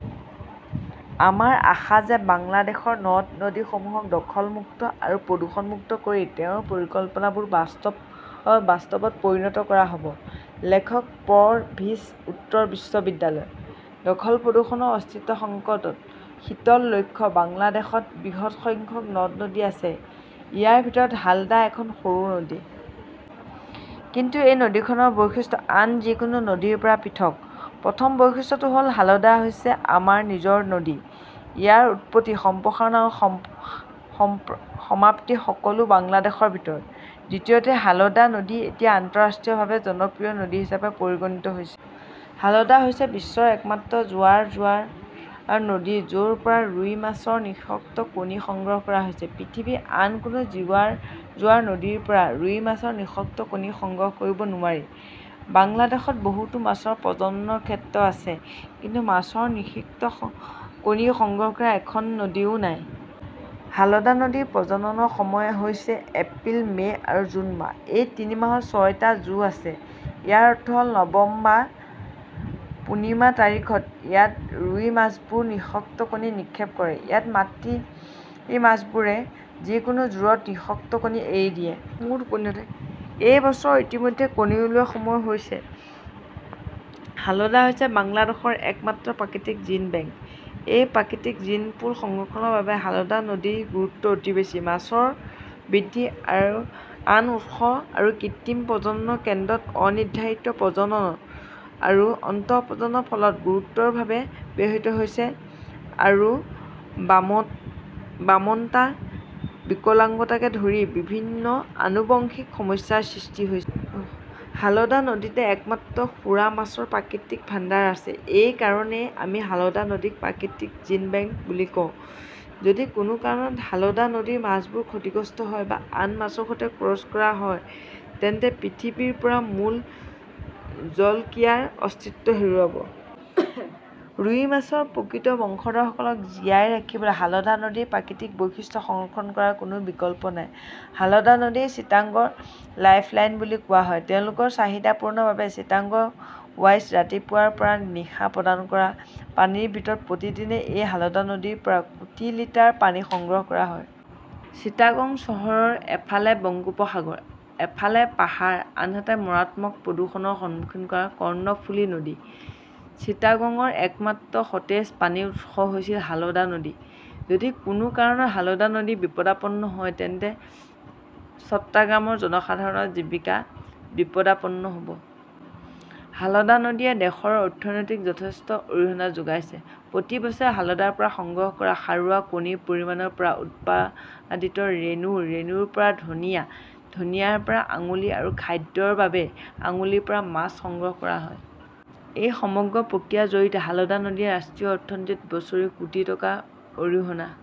আমাৰ আশা যে বাংলাদেশৰ নদ-নদীসমূহক দখল মুক্ত আৰু প্ৰদূষণমুক্ত কৰি তেওঁৰ পৰিকল্পনাবোৰ বাস্তৱত পৰিণত কৰা হ'ব - লেখক প্ৰ' ভিচি, উত্তৰ বিশ্ববিদ্যালয়। দখল-প্ৰদূষণৰ অস্তিত্ব সংকটত শীতল লক্ষ্য বাংলাদেশত বৃহৎ সংখ্যক নদ-নদী আছে। ইয়াৰ ভিতৰত হালদা এখন সৰু নদী। কিন্তু এই নদীখনৰ বৈশিষ্ট্য আন যিকোনো নদীৰ পৰা পৃথক। প্ৰথম বৈশিষ্ট্যটো হ'ল হালদা হৈছে আমাৰ নিজৰ নদী। ইয়াৰ উৎপত্তি, সম্প্ৰসাৰণ আৰু সম সমপ্ৰ সমাপ্তি সকলো বাংলাদেশৰ ভিতৰত। দ্বিতীয়তে, হালদা নদী এতিয়া আন্তঃৰাষ্ট্ৰীয়ভাৱে জনপ্ৰিয় নদী হিচাপে পৰিগণিত হৈছে। হালদা হৈছে বিশ্বৰ একমাত্ৰ জোৱাৰ-জোৱাৰ নদী য'ৰ পৰা ৰুই মাছৰ নিষিক্ত কণী সংগ্ৰহ কৰা হয়। পৃথিৱীৰ আন কোনো জোৱাৰ-জোৱাৰা নদীৰ পৰা ৰুই মাছৰ নিষিক্ত কণী সংগ্ৰহ কৰিব নোৱাৰি। বাংলাদেশত বহুতো মাছৰ প্ৰজনন ক্ষেত্ৰ আছে, কিন্তু মাছৰ নিষিক্ত কণী সংগ্ৰহ কৰা এখন নদীও নাই। হালদা নদীৰ প্ৰজননৰ সময় হৈছে এপ্ৰিল, মে' আৰু জুন মাহ। এই তিনি মাহত ছয়টা "জো" আছে। ইয়াৰ অৰ্থ হ'ল, নৱম বা পূৰ্ণিমা তাৰিখত, ইয়াত ৰুই মাছবোৰে নিষক্ত কণী নিক্ষেপ কৰে। ইয়াত মাতৃ এই মাছবোৰে যিকোনো জোৰত নিষক্ত কণী এৰি দিয়ে। এই বছৰ ইতিমধ্যে কণী ওলোৱাৰ সময় হৈছে। হালদা হৈছে বাংলাদেশৰ একমাত্ৰ প্ৰাকৃতিক জিন বেংক। এই প্ৰাকৃতিক জিনপুল সংৰক্ষণৰ বাবে হালদা নদীৰ গুৰুত্ব অতি বেছি। মাছৰ বৃদ্ধি আন উৎস আৰু কৃত্ৰিম প্ৰজনন কেন্দ্ৰত অনিৰ্ধাৰিত প্ৰজনন আৰু অন্তঃপ্ৰজনন ফলত গুৰুতৰভাৱে ব্যাহত হৈছে আৰু বামুণ বামুণতা, বিকলাঙ্গতাকে ধৰি বিভিন্ন আনুবংশিক সমস্যাৰ সৃষ্টি হৈছে। হালদা নদীতে একমাত্ৰ সুৰা মাছৰ প্ৰাকৃতিক ভাণ্ডাৰ আছে। এই কাৰণেই আমি হালদা নদীক প্ৰাকৃতিক জিন বেংক বুলি কওঁ। যদি কোনো কাৰণত হালদা নদীৰ মাছবোৰ ক্ষতিগ্ৰস্ত হয় বা আন মাছৰ সৈতে ক্ৰছ কৰা হয়, তেন্তে পৃথিৱীৰ পৰা মূল জলকীয়াৰ অস্তিত্ব হেৰুৱাব। ৰুই মাছৰ প্ৰকৃত বংশধৰসকলক জীয়াই ৰাখিবলৈ হালদা নদীৰ প্ৰাকৃতিক বৈশিষ্ট্য সংৰক্ষণ কৰাৰ কোনো বিকল্প নাই। হালদা নদীক চিটাগংৰ "লাইফলাইন " বুলি কোৱা হয়। তেওঁলোকৰ চাহিদা পূৰণৰ বাবে চিটাগং ৱাছাই ৰাতিপুৱাৰ পৰা নিশা প্ৰদান কৰা পানীৰ ভিতৰত প্ৰতিদিনে এই হালদা নদীৰ পৰা কোটি লিটাৰ পানী সংগ্ৰহ কৰা হয়। চিটাগং চহৰৰ এফালে বংগোপসাগৰ, এফালে পাহাৰ, আনহাতে মাৰাত্মক প্ৰদূষণৰ সন্মুখীন কৰা কৰ্ণফুলী নদী। চিটাগংৰ একমাত্ৰ সতেজ পানীৰ উৎস হৈছে হালদা নদী। যদি কোনো কাৰণত হালদা নদী বিপদাপন্ন হয়, তেন্তে চট্টাগ্ৰামৰ জনসাধাৰণৰ জীৱিকা বিপদাপন্ন হ'ব। হালদা নদীয়ে দেশৰ অৰ্থনীতিত যথেষ্ট অৰিহণা যোগাইছে। প্ৰতি বছৰে হালদাৰ পৰা সংগ্ৰহ কৰা সাৰুৱা কণীৰ পৰিমাণৰ পৰা উৎপাদিত ৰেনু, ৰেনুৰ পৰা ধনিয়া, ধনিয়াৰ পৰা আঙুলি আৰু খাদ্যৰ বাবে আঙুলিৰ পৰা মাছ সংগ্ৰহ কৰা হয়। এই সমগ্ৰ প্ৰক্ৰিয়াৰ জৰিয়তে হালদা নদীয়ে ৰাষ্ট্ৰীয় অৰ্থনীতিত বছৰি কোটি টকা অৰিহণা